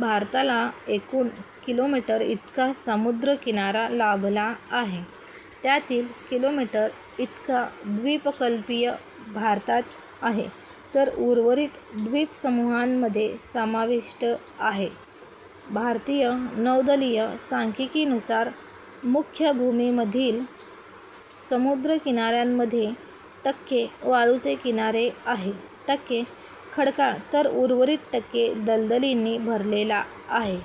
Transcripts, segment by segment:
भारताला एकूण कि. मी. इतका समुद्रकिनारा लाभला आहे. त्यातील कि. मी. इतका द्वीपकल्पीय भारतात आहे तर उर्वरित द्वीपसमूहांमध्ये समाविष्ट आहे. भारतीय नौदलीय सांख्यिकीनुसार मुख्यभूमीमधील समुद्रकिनाऱ्यामध्ये टक्के वाळूचे किनारे आहे, टक्के खडकाळ तर उर्वरित टक्के दलदलींनी भरलेला आहे.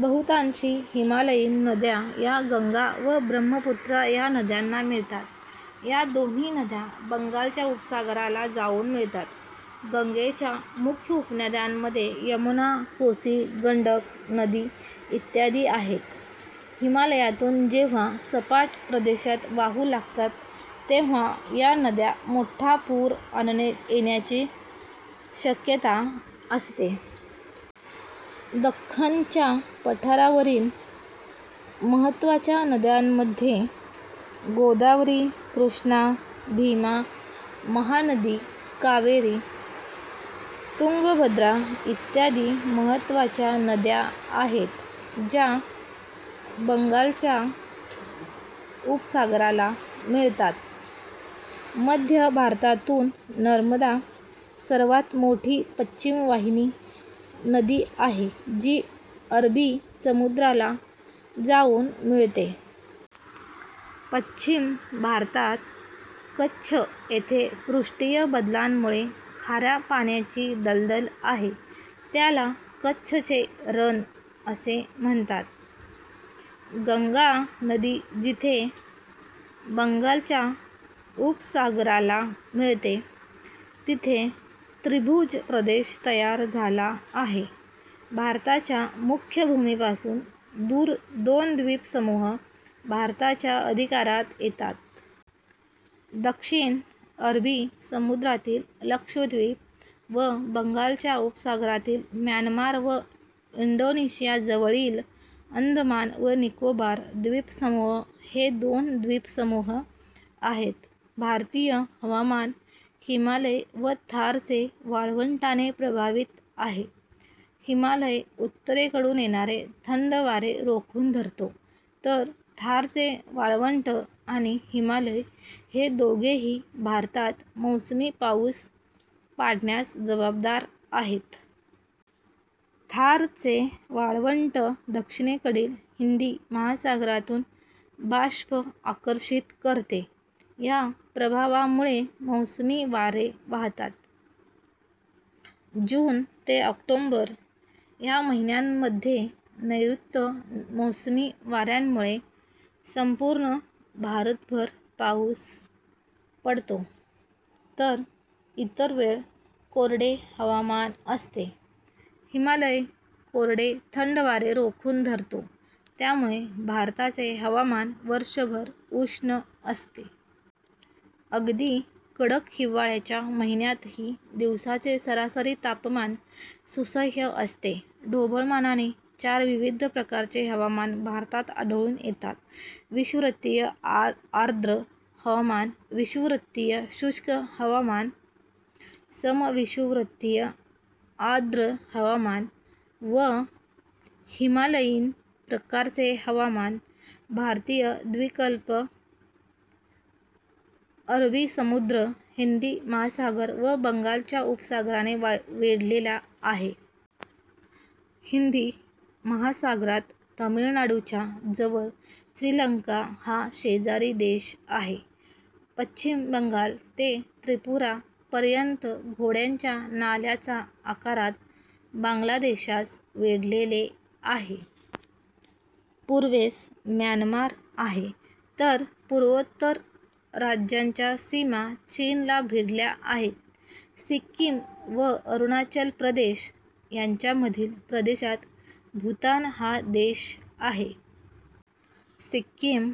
बहुतांशी हिमालयीन नद्या या गंगा व ब्रम्हपुत्रा या नद्यांना मिळतात. या दोन्ही नद्या बंगालच्या उपसागराला जाउन मिळतात. गंगेच्या मुख्य उपनद्यांमध्ये यमुना, कोसी, गंडक नदी इत्यादी आहेत. हिमालयातून जेव्हा सपाट प्रदेशात वाहू लागतात तेव्हा या नद्या मोठा पूर येण्याची शक्यता असते. दख्खनच्या पठारावरील मह्त्वाच्या नद्यांमध्ये गोदावरी, कृष्णा, भीमा, महानदी, कावेरी, तुंगभद्रा इत्यादी महत्त्वाच्या नद्या आहेत ज्या बंगालच्या उपसागराला मिळतात. मध्य भारतातून नर्मदा सर्वांत मोठी पश्चिम वाहिनी नदी आहे जी अरबी समुद्राला जाऊन मिळते. पश्चिम भारतात कच्छ येथे पृष्ठीय बदलांमुळे खाऱ्यापाण्याची दलदल आहे त्याला कच्छचे रण असे म्हणतात. गंगा नदी जिथे बंगालच्या उपसागराला मिळते तिथे त्रिभुज प्रदेश तयार झाला आहे. भारताच्या मुख्य भूमीपासून दूर दोन द्वीपसमूह भारताच्या अधिकारात येतात. दक्षिण अरबी समुद्रातील लक्षद्वीप व बंगालच्या उपसागरातील म्यानमार व इंडोनेशियाजवळील अंदमान व निकोबार द्वीपसमूह हे दोन द्वीपसमूह आहेत. भारतीय हवामान हिमालय व थारचे वाळवंटाने प्रभावित आहे. हिमालय उत्तरेकडून येणारे थंड वारे रोखून धरतो तर थारचे वाळवंट आणि हिमालय हे दोघेही भारतात मोसमी पाऊस पडण्यास जवाबदार आहेत. थारचे वाळवंट दक्षिणेकडील हिंदी महासागरातून बाष्प आकर्षित करते, या प्रभावामुळे मोसमी वारे वाहतात. जून ते ऑक्टोबर या महिन्यांमध्ये नैऋत्य मोसमी वाऱ्यांमुळे संपूर्ण भारतभर पाउस पडतो तर इतर वेळ कोरडे हवामान असते. हिमालय कोरडे थंड वारे रोखून धरतो त्यामुळे भारताचे हवामान वर्षभर उष्ण असते. अगदी कडक हिवाळ्याच्या महिन्यातही दिवसाचे सरासरी तापमान सुसह्य असते. ढोबळमानाने चार विविध प्रकारचे हवामान भारतात आढळून येतात विषवृतीय आर्द्र हवामान, विषुववृत्तीय शुष्क हवामान, समविषुववृतीय आर्द्र हवामान व हिमालयीन प्रकारचे हवामान. भारतीय द्वीपकल्प अरबी समुद्र, हिंदी महासागर व बंगालच्या उपसागराने वेढलेला आहे. हिंदी महासागरात तमिळनाडूच्या जवळ श्रीलंका हा शेजारी देश आहे. पश्चिम बंगाल ते त्रिपुरा पर्यंत घोड्यांच्या नाल्याच्या आकारात बांगलादेशास वेढलेले आहे. पूर्वेस म्यानमार आहे तर पूर्वोत्तर राज्यांच्या सीमा चीनला भीडल्या आहे. सिक्कीम व अरुणाचल प्रदेश यंच्यामधील प्रदेशात भूतान हा देश आहे. सिक्कीम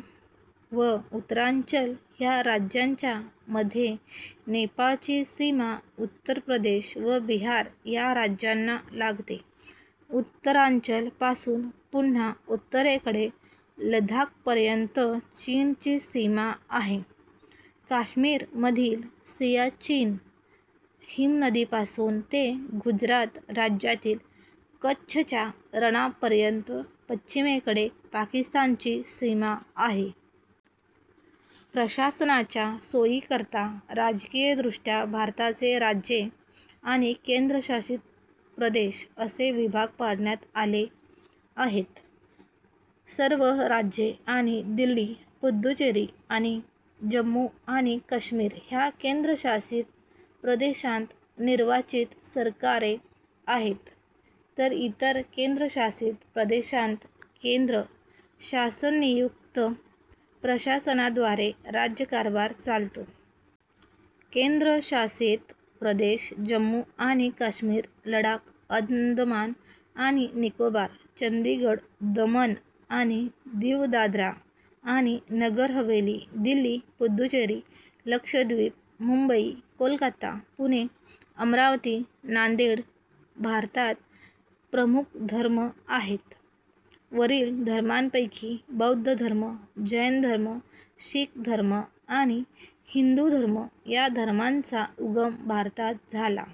व उत्तरांचल ह्या राज्यांच्या मध्ये नेपाळची सीमा उत्तर प्रदेश व बिहार या राज्यांना लागते. उत्तरांचल पासून पुन्हा उत्तरेकडे लद्दाख पर्यंत चीनची सीमा आहे. काश्मीर मधील सियाचीन हिमनदीपासून ते गुजरात राज्यातील कच्छच्या रणापर्यंत पश्चिमेकडे पाकिस्तानची सीमा आहे. प्रशासनाच्या सोयीकरता राजकीयदृष्ट्या भारताचे राज्ये आणि केंद्रशासित प्रदेश असे विभाग पाडण्यात आले आहेत. सर्व राज्ये आणि दिल्ली, पुद्दुचेरी आणि जम्मू आणि काश्मीर ह्या केंद्रशासित प्रदेशांत निर्वाचित सरकारे आहेत; तर इतर केंद्रशासित प्रदेशांत केंद्र शासननियुक्त प्रशासनाद्वारे राज्यकारभार चालतो. केंद्रशासित प्रदेश जम्मू आणि काश्मीर लडाख अंदमान आणि निकोबार चंदीगढ दमण आणि दीव दादरा आणि नगर हवेली दिल्ली पुद्दुचेरी लक्षद्वीप मुंबई कोलकाता पुणे अमरावती नांदेड भारतात प्रमुख धर्म आहेत: वरील धर्मांपैकी बौद्ध धर्म, जैन धर्म, शीख धर्म आणि हिंदू धर्म या धर्मांचा उगम भारतात झाला.